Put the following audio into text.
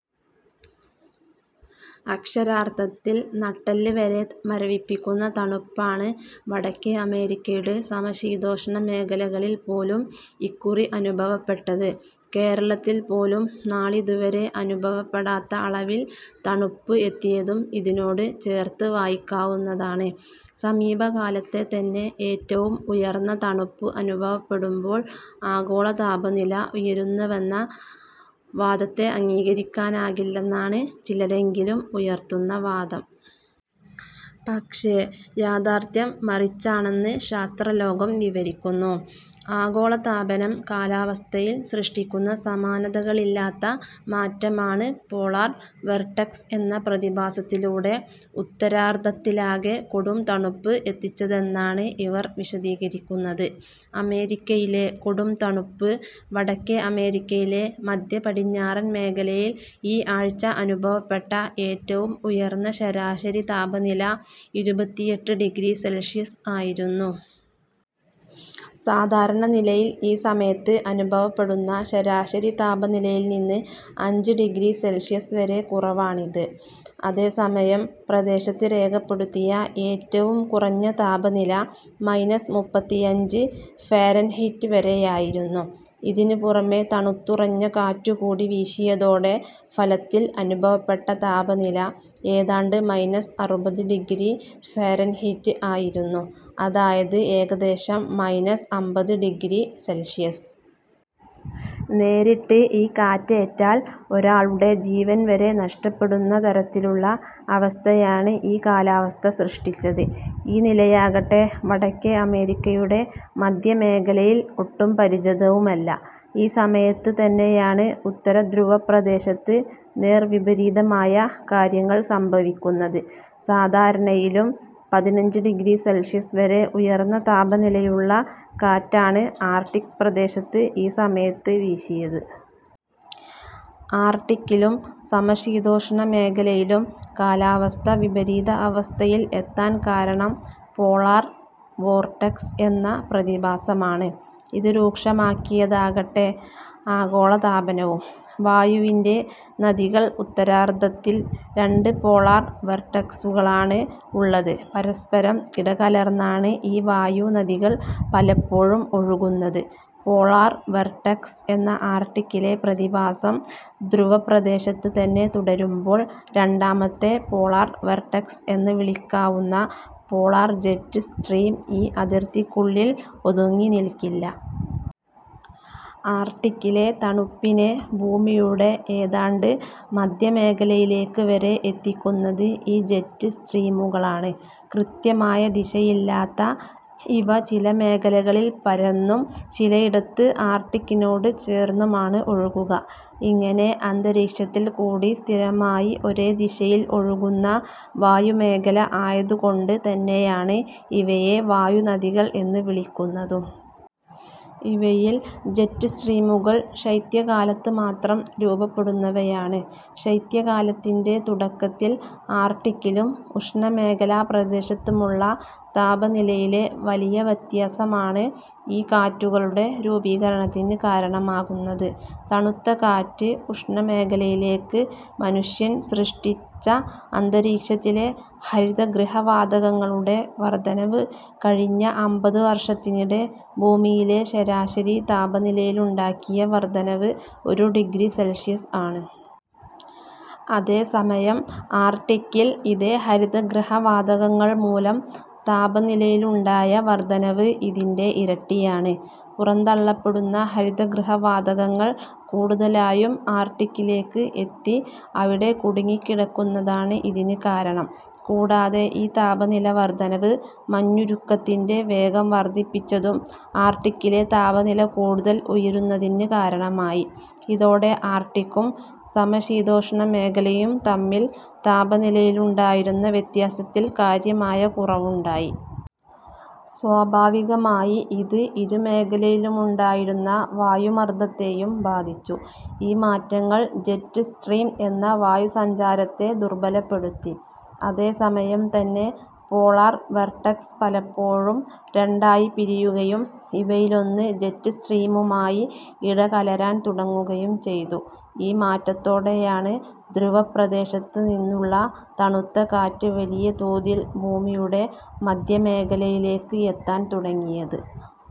അക്ഷരാർത്ഥത്തിൽ നട്ടെല്ല് വരെ മരവിപ്പിക്കുന്ന തണുപ്പാണ് വടക്കേ അമേരിക്കയുടെ സമശീതോഷ്ണ മേഖലകളിൽ പോലും ഇക്കുറി അനുഭവപ്പെട്ടത്. കേരളത്തിൽ പോലും നാളിതുവരെ അനുഭവപ്പെടാത്ത അളവിൽ തണുപ്പ് എത്തിയതും ഇതിനോട് ചേർത്ത് വായിക്കാവുന്നതാണ്. സമീപകാലത്തെ തന്നെ ഏറ്റവും ഉയർന്ന തണുപ്പ് അനുഭവപ്പെടുമ്പോൾ ആഗോളതാപനില ഉയരുന്നുവെന്ന വാദത്തെ അംഗീകരിക്കാനാകില്ലെന്നാണ് ചിലരെങ്കിലും ഉയർത്തുന്ന വാദം. പക്ഷേ യാഥാർത്ഥ്യം മറിച്ചാണെന്ന് ശാസ്ത്രലോകം വിവരിക്കുന്നു. ആഗോളതാപനം കാലാവസ്ഥയിൽ സൃഷ്ടിക്കുന്ന സമാനതകളില്ലാത്ത മാറ്റമാണ് പോളാർ വെർട്ടെക്സ് എന്ന പ്രതിഭാസത്തിലൂടെ ഉത്തരാർദ്ധത്തിലാകെ കൊടും തണുപ്പ് എത്തിച്ചതെന്നാണ് ഇവർ വിശദീകരിക്കുന്നത്. അമേരിക്കയിലെ കൊടും തണുപ്പ് വടക്കേ അമേരിക്കയിലെ മധ്യപടിഞ്ഞാറൻ മേഖലയിൽ ഈ ആഴ്ച അനുഭവപ്പെട്ട ഏറ്റവും ഉയർന്ന ശരാശരി താപനില ഇരുപത്തിയെട്ട് ഡിഗ്രി സെൽഷ്യസ് ആയിരുന്നു. സാധാരണ നിലയിൽ ഈ സമയത്ത് അനുഭവപ്പെടുന്ന ശരാശരി താപനിലയിൽ നിന്ന് അഞ്ച് ഡിഗ്രി സെൽഷ്യസ് വരെ കുറവാണിത്. അതേസമയം പ്രദേശത്ത് രേഖപ്പെടുത്തിയ ഏറ്റവും കുറഞ്ഞ താപനില മൈനസ് മുപ്പത്തിയഞ്ച് ഫാരൻഹീറ്റ് വരെയായിരുന്നു. ഇതിനുപുറമെ തണുത്തുറഞ്ഞ കാറ്റുകൂടി വീശിയതോടെ ഫലത്തിൽ അനുഭവപ്പെട്ട താപനില ഏതാണ്ട് മൈനസ് അറുപത് ഡിഗ്രി ഫാരൻഹീറ്റ് ആയിരുന്നു, അതായത് ഏകദേശം മൈനസ് അമ്പത് ഡിഗ്രി സെൽഷ്യസ്. നേരിട്ട് ഈ കാറ്റേറ്റാൽ ഒരാളുടെ ജീവൻ വരെ നഷ്ടപ്പെടുന്ന തരത്തിലുള്ള അവസ്ഥയാണ് ഈ കാലാവസ്ഥ സൃഷ്ടിച്ചത്. ഈ നിലയാകട്ടെ വടക്കേ അമേരിക്കയുടെ മധ്യമേഖലയിൽ ഒട്ടും പരിചിതവുമല്ല. ഈ സമയത്ത് തന്നെയാണ് ഉത്തര ധ്രുവപ്രദേശത്ത് നേർവിപരീതമായ കാര്യങ്ങൾ സംഭവിക്കുന്നത്. സാധാരണയിലും പതിനഞ്ച് ഡിഗ്രി സെൽഷ്യസ് വരെ ഉയർന്ന താപനിലയുള്ള കാറ്റാണ് ആർട്ടിക് പ്രദേശത്ത് ഈ സമയത്ത് വീശിയത്. ആർട്ടിക്കിലും, സമശീതോഷ്ണ മേഖലയിലും കാലാവസ്ഥ വിപരീത അവസ്ഥയിൽ എത്താൻ കാരണം പോളാർ വോർടെക്സ് എന്ന പ്രതിഭാസമാണ്. ഇത് രൂക്ഷമാക്കിയതാകട്ടെ ആഗോളതാപനവും. വായുവിൻ്റെ നദികൾ ഉത്തരാർദ്ധത്തിൽ രണ്ട് പോളാർ വെർട്ടെക്സുകളാണ് ഉള്ളത്. പരസ്പരം ഇടകലർന്നാണ് ഈ വായു നദികൾ പലപ്പോഴും ഒഴുകുന്നത്. പോളാർ വെർട്ടെക്സ് എന്ന ആർട്ടിക്കിലെ പ്രതിഭാസം ധ്രുവപ്രദേശത്ത് തന്നെ തുടരുമ്പോൾ രണ്ടാമത്തെ പോളാർ വെർട്ടെക്സ് എന്ന് വിളിക്കാവുന്ന പോളാർ ജെറ്റ് സ്ട്രീം ഈ അതിർത്തിക്കുള്ളിൽ ഒതുങ്ങി നിൽക്കില്ല. ആർട്ടിക്കിലെ തണുപ്പിനെ ഭൂമിയുടെ ഏതാണ്ട് മധ്യമേഖലയിലേക്ക് വരെ എത്തിക്കുന്നത് ഈ ജെറ്റ് സ്ട്രീമുകളാണ്. കൃത്യമായ ദിശയില്ലാത്ത ഇവ ചില മേഖലകളിൽ പരന്നും ചിലയിടത്ത് ആർട്ടിക്കിനോട് ചേർന്നുമാണ് ഒഴുകുക. ഇങ്ങനെ അന്തരീക്ഷത്തിൽ കൂടി സ്ഥിരമായി ഒരേ ദിശയിൽ ഒഴുകുന്ന വായുമേഖല ആയതുകൊണ്ട് തന്നെയാണ് ഇവയെ വായു നദികൾ എന്ന് വിളിക്കുന്നതും. ഇവയിൽ ജെറ്റ് സ്ട്രീമുകൾ ശൈത്യകാലത്ത് മാത്രം രൂപപ്പെടുന്നവയാണ്. ശൈത്യകാലത്തിൻ്റെ തുടക്കത്തിൽ ആർട്ടിക്കിലും ഉഷ്ണമേഖലാ പ്രദേശത്തുമുള്ള താപനിലയിലെ വലിയ വ്യത്യാസമാണ് ഈ കാറ്റുകളുടെ രൂപീകരണത്തിന് കാരണമാകുന്നത്. തണുത്ത കാറ്റ് ഉഷ്ണമേഖലയിലേക്ക് മനുഷ്യർ സൃഷ്ടിച്ച അന്തരീക്ഷത്തിലെ ഹരിതഗൃഹവാതകങ്ങളുടെ വർദ്ധനവ് കഴിഞ്ഞ അമ്പത് വർഷത്തിനിടെ ഭൂമിയിലെ ശരാശരി താപനിലയിലുണ്ടാക്കിയ വർദ്ധനവ് ഒരു ഡിഗ്രി സെൽഷ്യസ് ആണ്. അതേസമയം ആർട്ടിക്കിൽ ഇതേ ഹരിതഗൃഹ വാതകങ്ങൾ മൂലം താപനിലയിലുണ്ടായ വർദ്ധനവ് ഇതിൻ്റെ ഇരട്ടിയാണ്. പുറന്തള്ളപ്പെടുന്ന ഹരിതഗൃഹവാതകങ്ങൾ കൂടുതലായും ആർട്ടിക്കിലേക്ക് എത്തി അവിടെ കുടുങ്ങിക്കിടക്കുന്നതാണ് ഇതിന് കാരണം. കൂടാതെ ഈ താപനില വർദ്ധനവ് മഞ്ഞുരുക്കത്തിൻ്റെ വേഗം വർദ്ധിപ്പിച്ചതും ആർട്ടിക്കിലെ താപനില കൂടുതൽ ഉയരുന്നതിന് കാരണമായി. ഇതോടെ ആർട്ടിക്കും സമശീതോഷ്ണ മേഖലയും തമ്മിൽ താപനിലയിലുണ്ടായിരുന്ന വ്യത്യാസത്തിൽ കാര്യമായ കുറവുണ്ടായി. സ്വാഭാവികമായി ഇത് ഇരുമേഖലയിലുമുണ്ടായിരുന്ന വായുമർദ്ദത്തെയും ബാധിച്ചു. ഈ മാറ്റങ്ങൾ ജെറ്റ് സ്ട്രീം എന്ന വായുസഞ്ചാരത്തെ ദുർബലപ്പെടുത്തി. അതേസമയം തന്നെ പോളാർ വെർട്ടെക്സ് പലപ്പോഴും രണ്ടായി പിരിയുകയും ഇവയിലൊന്ന് ജെറ്റ് സ്ട്രീമുമായി ഇടകലരാൻ തുടങ്ങുകയും ചെയ്തു. ഈ മാറ്റത്തോടെയാണ് ധ്രുവപ്രദേശത്ത് നിന്നുള്ള തണുത്ത കാറ്റ് വലിയ തോതിൽ ഭൂമിയുടെ മധ്യമേഖലയിലേക്ക് എത്താൻ തുടങ്ങിയത്.